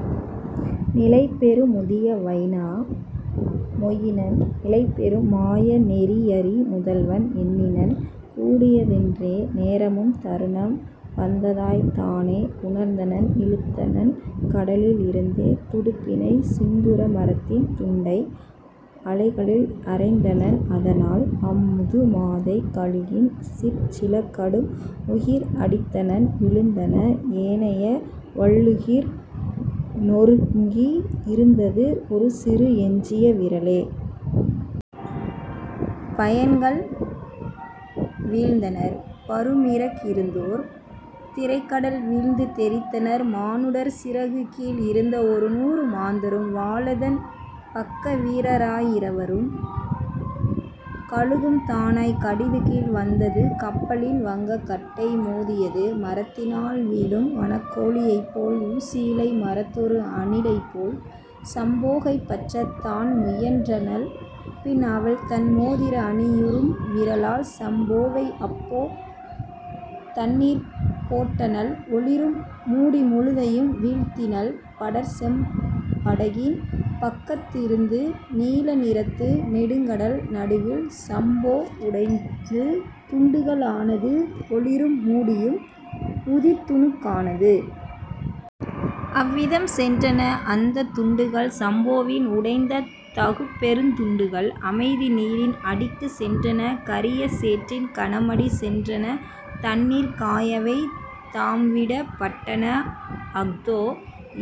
" நிலைபெறும் முதிய வைனா மொயினன் நிலைபெறும் மாய நெறியறி முதல்வன்। எண்ணினன் கூடிய தென்றே நேரமும் தருணம் வந்ததாய்த் தானே உணர்ந்தனன்; இழுத்தனன் கடலில் இருந்தே துடுப்பினை சிந்துர மரத்தின் துண்டை அலைகளில் அறைந்தனன் அதனால் அம்முது மாதை கழுகின் சிற்சில கடும்உகிர் அடித்தனன் விழுந்தன ஏனைய வள்ளுகிர் நொருங்கி இருந்தது ஒருசிறு எஞ்சிய விரலே. பையன்கள் வீழ்ந்தனர் பருமிற கிருந்தோர் திரைகடல் வீழ்ந்து தெறித்தனர் மானுடர் சிறகுகீழ் இருந்த ஒருநூறு மாந்தரும் வாலதன் பக்க வீரரா யிரவரும் கழுகும் தானாய்க் கடிதுகீழ் வந்தது கப்பலின் வங்கக் கட்டைமோ தியது மரத்தினால் வீழும் வனக்கோ ழியைப்போல் ஊசி யிலைமரத் தொருஅணி லைப்போல். சம்போகைப் பற்றத் தான்முயன் றனள்பின் அவள் தன்மோதிர அணியுறும் விரலால் சம்போவை அப்போ தண்ணீர்ப் போட்டனள் ஒளிரும் மூடி முழுதையும் வீழ்த்தினள் படர்செம் படகின் பக்கத் திருந்து நீல நிறத்து நெடுங்கடல் நடுவில் சம்போ உடைந்து துண்டுக ளானது ஒளிரும் மூடியும் உதிர்துணுக் கானது. அவ்விதம் சென்றன அந்தத் துண்டுகள் சம்போவின் உடைந்த தகுபெருந் துண்டுகள் அமைதி நீரின் அடிக்குச் சென்றன கரிய சேற்றின் கனமடி சென்றன. தண்ணீர்க் காயவை தாம்விடப் பட்டன அஹ்தோ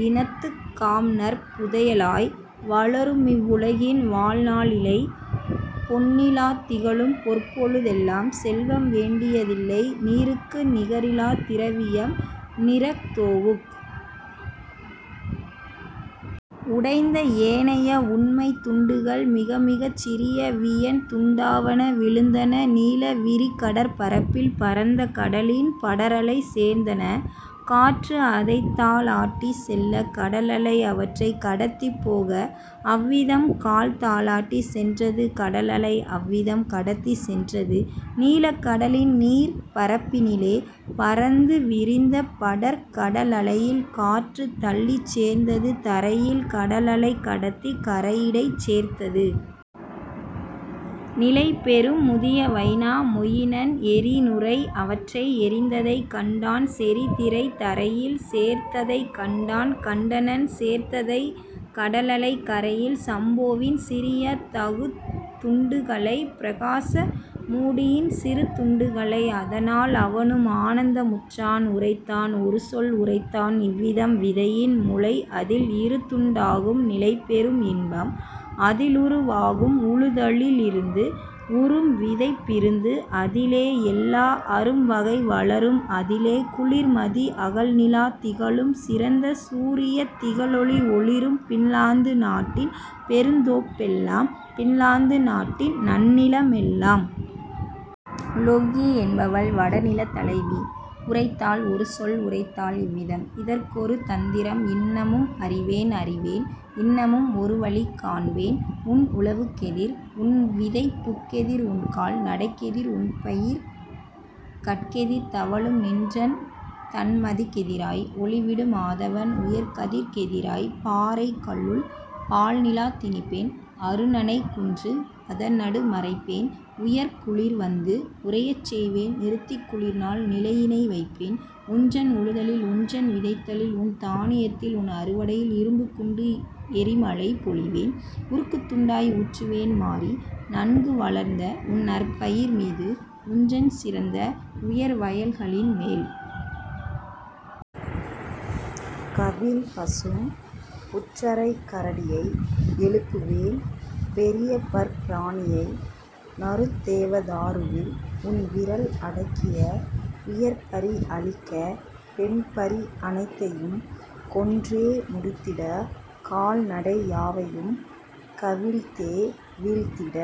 இனத்துக் காம்நற் புதையலாய்; வளருமிவ் வுலகின் வாழ்நா ளிலிலை பொன்னிலாத் திகழும் பொற்பொழு தெல்லாம் செல்வம் வேண்டிய தில்லைநீ ருக்கு நிகரிலாத் திரவியம் நீரஹ் தோவுக். உடைந்த ஏனைய உண்மைத் துண்டுகள் மிகமிகச் சிறிய வியன்துண் டாவன விழுந்தன நீல விரிகடற் பரப்பில் பரந்த கடலின் படரலைச் சேர்ந்தன காற்று அதைத்தா லாட்டிச் செல்ல கடலலை அவற்றைக் கடத்திப் போக. அவ்விதம் கால்தா லாட்டிச் சென்றது கடலலை அவ்விதம் கடத்திச் சென்றது நீலக் கடலின் நீர்ப்பரப் பினிலே பரந்து விரிந்த படர்கட லலையில் காற்றுத் தள்ளிச் சேர்த்தது தரையில் கடலலை கடத்திக் கரையிடைச் சேர்த்தது. நிலைபெறும் முதிய வைனா மொயினன் எறிநுரை அவற்றை எறிந்ததைக் கண்டான் செறிதிரை தரையில் சேர்த்ததைக் கண்டான் கண்டனன் சேர்த்ததைக் கடலலை கரையில் சம்போவின் சிறிய தகுதுண் டுகளை பிரகாச மூடியின் சிறுதுண் டுகளை. அதனால் அவனும் ஆனந்த முற்றான் உரைத்தான் ஒருசொல் உரைத்தான் இவ்விதம்: "விதையின் முளைஅதில் இருந்துண் டாகும் நிலைபெறும் இன்பம் அதிலுரு வாகும் உழுதலி லிருந்து உறும்விதைப் பிருந்து அதிலே எல்லா அரும்வகை வளரும் அதிலே குளிர்மதி அகல்நிலாத் திகழும் சிறந்த சூரியத் திகழொளி ஒளிரும் பின்லாந்து நாட்டின் பெருந்தோப் பெல்லாம் பின்லாந்து நாட்டின் நன்னில மெல்லாம். " லொவ்ஹி என்பவள் வடநிலத் தலைவி உரைத்தாள் ஒருசொல் உரைத்தாள் இவ்விதம்: "இதற்கொரு தந்திரம் இன்னமும் அறிவேன் அறிவேன் இன்னமும் ஒருவழி காண்பேன் உன்உழ வுக்கெதிர் உன்விதைப் புக்கெதிர் உன்கால் நடைக்கெதிர் உன்பயிர் கட்கெதிர் தவழும் நின்றன் தண்மதிக் கெதிராய் ஒளிவிடும் ஆதவன் உயர்கதிர்க் கெதிராய் பாறைக் கல்லுள் பால்நிலாத் திணிப்பேன் அருணனைக் குன்று அதன்நடு மறைப்பேன் உயர்குளிர் வந்து உறையச் செய்வேன் நிறுத்திக் குளிர்நாள் நிலையினை வைப்பேன் உன்றன் உழுதலில் உன்றன் விதைத்தலில் உன்தா னியத்தில் உன்அறு வடையில் இரும்புக் குண்டு எறிமழை பொழிவேன் உருக்குத் துண்டாய் ஊற்றுவேன் மாரி நன்கு வளர்ந்தஉன் நற்பயிர் மீது உன்றன் சிறந்த உயர்வயல் களின்மேல். கவின்பசும் புற்றரைக் கரடியை எழுப்புவேன் பெரியபற் பிராணியை நறுந்தேவ தாருவில் உன்விறல் அடக்கிய உயர்பரி அழிக்க பெண்பரி அனைத்தையும் கொன்றே முடித்திட கால்நடை யாவையும் கவிழ்த்தே வீழ்த்திட